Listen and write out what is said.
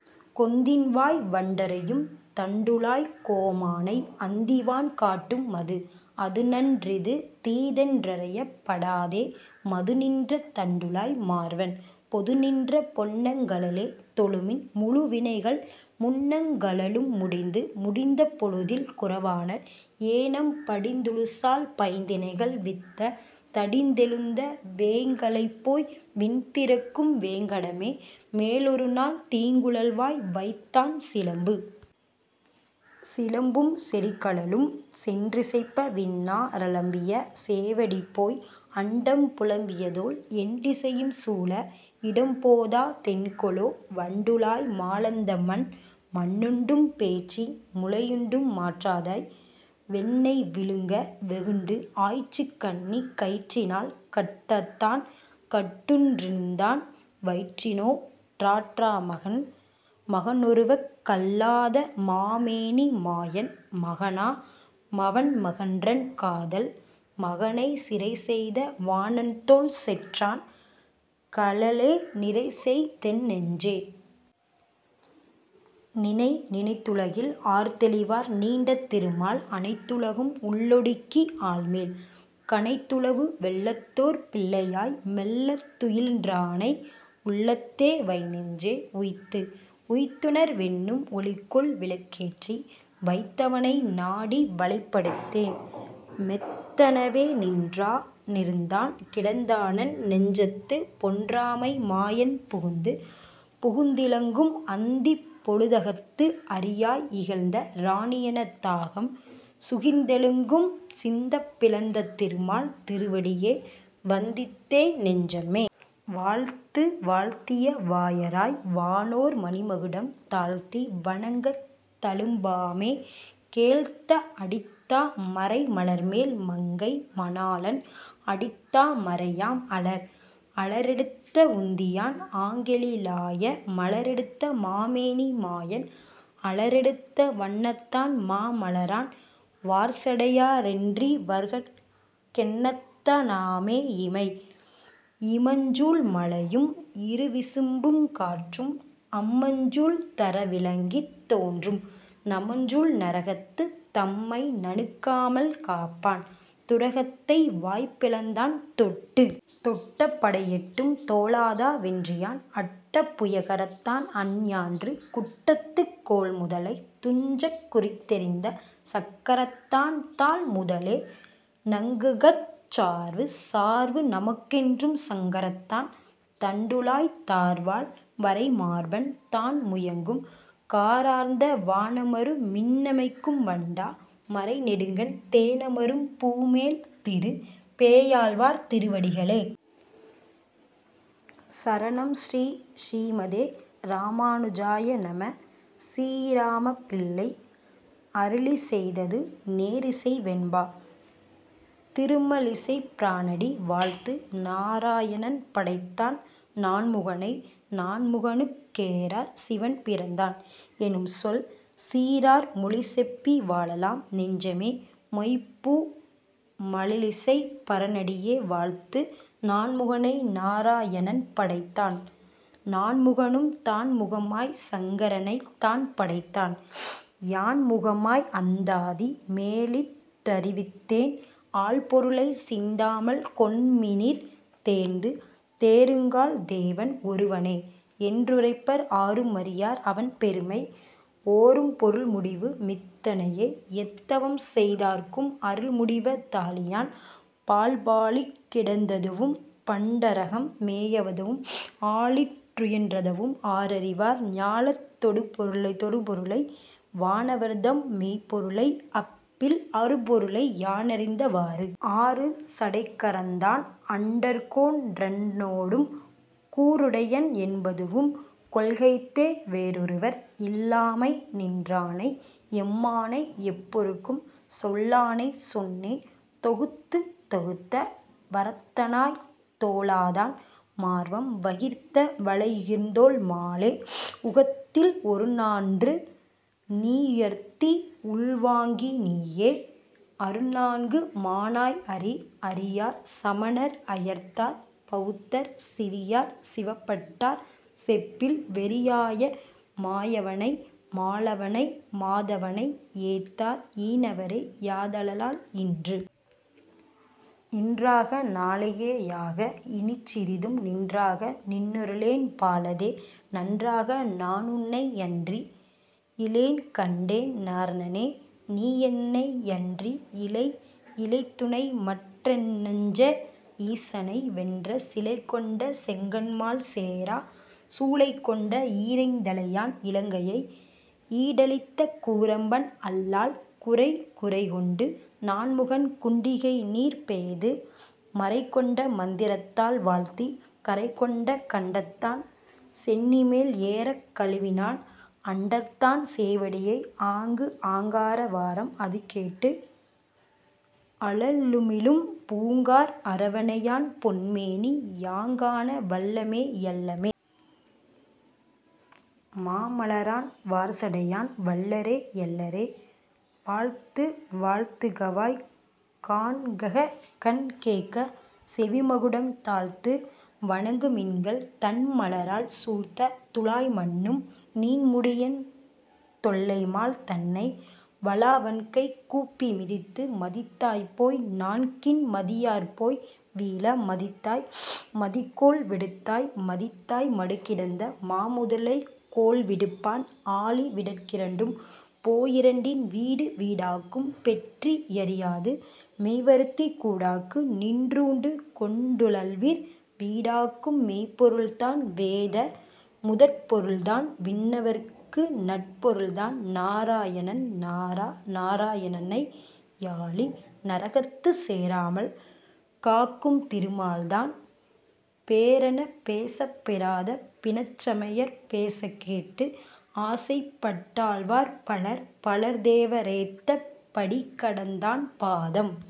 கொந்தின்வாய் வண்டறையும் தண்டுழாய்க் கோமானை, அந்திவான் காட்டும் அது. அதுநன் றிதுதீதென் றையப் படாதே, மதுநின்ற தண்டுழாய் மார்வன், பொதுநின்ற பொன்னங் கழலே தொழுமின், முழுவினைகள் முன்னங் கழலும் முடிந்து. முடிந்த பொழுதில் குறவாணர், ஏனம் படிந்துழுசால் பைந்தினைகள் வித்த, தடிந்தெழுந்த வேய்ங்கழைபோய் விண்திறக்கும் வேங்கடமே, மேலொருநாள் தீங்குழல்வாய் வைத்தான் சிலம்பு. சிலம்பும் செறிகழலும் சென்றிசைப்ப, விண்ணா றலம்பிய சேவடிபோய், அண்டம் புலம்பியதோள் எண்டிசையும் சூழ இடம்போதா தென்கொலோ, வண்டுழாய் மாலளந்த மண்? மண்ணுண்டும் பேய்ச்சி முலையுண்டு மாற்றாதாய், வெண்ணெய் விழுங்க வெகுண்டு, ஆய்ச்சி கண்ணிக் கயிற்றினால் கட்டத்தான் கட்டுண் டிருந்தான், வயிற்றினோ டாற்றா மகன். மகனொருவர்க் கல்லாத மாமேனி மாயன், மகனா மவன்மகன்றன் காதல் மகனை சிறைசெய்த வாணன்தோள் செற்றான் கழலே நிறைசெய்தென் நெஞ்சே. நினை. நினைத்துலகில் ஆர்தெளிவார் நீண்ட திருமால், அனைத்துலகும் உள்ளொடுக்கி ஆல்மேல், கனைத்துலவு வெள்ளத்தோர் பிள்ளையாய் மெள்ளத் துயின்றானை, உள்ளத்தே வைநெஞ்சே. உய்த்து. உய்த்துணர் வென்னும் ஒளிகொள் விளக்கேற்றி, வைத்தவனை நாடி வலைப்படுத்தேன், மெத்தெனவே நின்றா னிருந்தான் கிடந்தானென் னெஞ்சத்து, பொன்றாமை மாயன் புகுந்து. புகுந்திலங்கும் அந்திப் பொழுதகத்து, அரியாய் இகழ்ந்த இரணியன தாகம், சுகிர்ந்தெங்கும் சிந்தப் பிளந்த திருமால் திருவடியே வந்தித்தென் னெஞ்சமே. வாழ்த்து. வாழ்த்திய வாயராய் வானோர் மணிமகுடம் தாழ்த்தி வணங்கத் தழும்பாமே, கேழ்த்த அடித்தா மரைமலர்மேல் மங்கை மணாளன், அடித்தா மரையாம் அலர். அலரெடுத்த வுந்தியான் ஆங்கெழி லாய, மலரெடுத்த மாமேனி மாயன், அலரெடுத்த வண்ணத்தான் மாமலரான் வார்சடையா னென்றிவர்கட் கெண்ணத்தா னாமோ இமை? இமஞ்சூழ் மலையும் இருவிசும்பும் காற்றும், அமஞ்சூழ்ந் தறவிளங்கித் தோன்றும், நமஞ்சூழ் நரகத்து தம்மை நணுகாமல் காப்பான், துரகத்தை வாய்பிளந்தான் தொட்டு. தொட்ட படையெட்டும் தோலாத வென்றியான், அட்ட புயகரத்தான் அஞ்ஞான்று, குட்டத்துக் கோள்முதலை துஞ்சக் குறித்தெறிந்த சக்கரத்தான் தாள் முதலே நங்கட்குச் சார்வு. சார்வு நமக்கென்றும் சக்கரத்தான், தண்டுழாய்த் தார்வாழ் வரைமார்பன் தான்முயங்கும், காரார்ந்த வானமரு மின்னிமைக்கும் வண்டா மரைநெடுங்கண், தேனமரும் பூமேல் திரு. பேயாழ்வார் திருவடிகளே சரணம் ஸ்ரீ: ஸ்ரீமதே ராமானுஜாய நம: சீராமப்பிள்ளை அருளிச்செய்தது நேரிசை வெண்பா திருமழிசைப்பிரானடி வாழ்த்து நாரா யணன்படைத்தான் நான்முகனை, நான்முகனுக் கேரார் சிவன்பிறந்தான் என்னும்சொல் சீரார் மொழிசெப்பி வாழலாம் நெஞ்சமே, மொய்பூ மழிசைப் பரனடியே வாழ்த்து நான்முகனை நாரா யணன்படைத்தான், நான்முகனும் தான்முகமாய்ச் சங்கரனைத் தான்படைத்தான், யான் முகமாய் அந்தாதி மேலிட் டறிவித்தேன் ஆழ்பொருளை, சிந்தாமல் கொண்மினீர் தேர்ந்து தேருங்கால் தேவன் ஒருவனே, என்றுரைப்பர் ஆருமறியார் அவன்பெருமை, ஓரும் பொருள்முடிவு மித்தனையே எத்தவம்செய் தார்க்கும் அருள்முடிவ தாழியான் பால் பாலிற் கிடந்ததுவும் பண்டரகம் மேயதுவும், ஆலிற் றுயின்றதுவும் ஆரறிவார், ஞாலத் தொருபொருளை வானவர்தம் மெய்ப்பொருளை, அப்பில் அருபொருளை யானறிந்த வாறு? ஆறு சடைக்கரந்தான் அண்டர்கோன் றன்னோடும், கூறுடையன் என்பதுவும் கொள்கைத்தே, வேறொருவர் இல்லாமை நின்றானை எம்மானை, எப்பொருட்கும் சொல்லானைச் சொன்னேன் தொகுத்து தொகுத்த வரத்தனாய்த் தோலாதான் மார்வம், வகிர்த்த வளையுகிர்த்தோள் மாலே, உகத்தில் ஒருநான்று நீயுயர்த்தி யுள்வாங்கி நீயே, அருநான்கு மானாய் அறி அறியார் சமணர் அயர்த்தார் பவுத்தர், சிறியார் சிவப்பட்டார் செப்பில், வெறியாய மாயவனை மாலவனை மாதவனை ஏத்தார் ஈனவரே யாதலால் இன்று. இன்றாக நாளையே யாக, இனிச்சிறிதும் நின்றாக நின்னருளென் பாலதே, நன்றாக நானுன்னை யன்றி யிலேன்கண்டாய், நாரணனே நீயென்னை யன்றி யிலை இலைதுணைமற் றென்னெஞ்சே ஈசனை வென்ற சிலைகொண்ட செங்கண்மால் சேரா குலைகொண்ட ஈரைந் தலையான் இலங்கையை யீடழித்த கூரம்பன் அல்லால் குறை குறைகொண்டு நான்முகன் குண்டிகைநீர் பெய்து மறைகொண்ட மந்திரத்தால் வாழ்த்தி, கறைகொண்ட கண்டத்தான் சென்னிமேல் ஏறக் கழுவினான் அண்டத்தான் சேவடியை ஆங்கு ஆங்கார வாரம் அதுகேட்டு, அழலுமிழும் பூங்கார் அரவணையான் பொன்மேனி, யாங்காண வல்லமே யல்லமே? மாமலரான் வார்சடையான் வல்லரே யல்லரே? வாழ்த்து வாழ்த்துகவாய் காண்ககண் கேட்க செவிமகுடம் தாழ்த்து வணங்குமின்கள் தண்மலரால், சூழ்த்த துழாய்மன்னும் நீண்முடியென் தொல்லைமால் த்ன்னை வழாவண்கை கூப்பி மதித்து மதித்தாய்போய் நான்கின் மதியார்போய் வீழ மதித்தாய் மதிகோள் விடுத்தாய், மதித்தாய் மடுகிடந்த மாமுதலை கோள்விடுப்பான், ஆழி விடற்கிரண்டும் போயிரண்டின் வீடு வீடாக்கும் பெற்றி யறியாது மெய்வருத்திக் கூடாக்கு நின்றூண்டு கொண்டுழல்வீர், வீடாக்கும் மெய்ப்பொருள்தான் வேத முதற்ப்பொருள்தான், விண்ணவர்க்கு நற்பொருள்தான் நாரா யணன் நாரா யணனென்னை யாளி, நரகத்துச் சேராமல் காக்கும் திருமால்தன், பேரான பேசப் பெறாத பிணச்சமயர் பேசக்கேட்டு ஆசைப்பட் டாழ்வார் பலர் பலர்த்தேவ ரேத்தப் படிகடந்தான் பாதம்।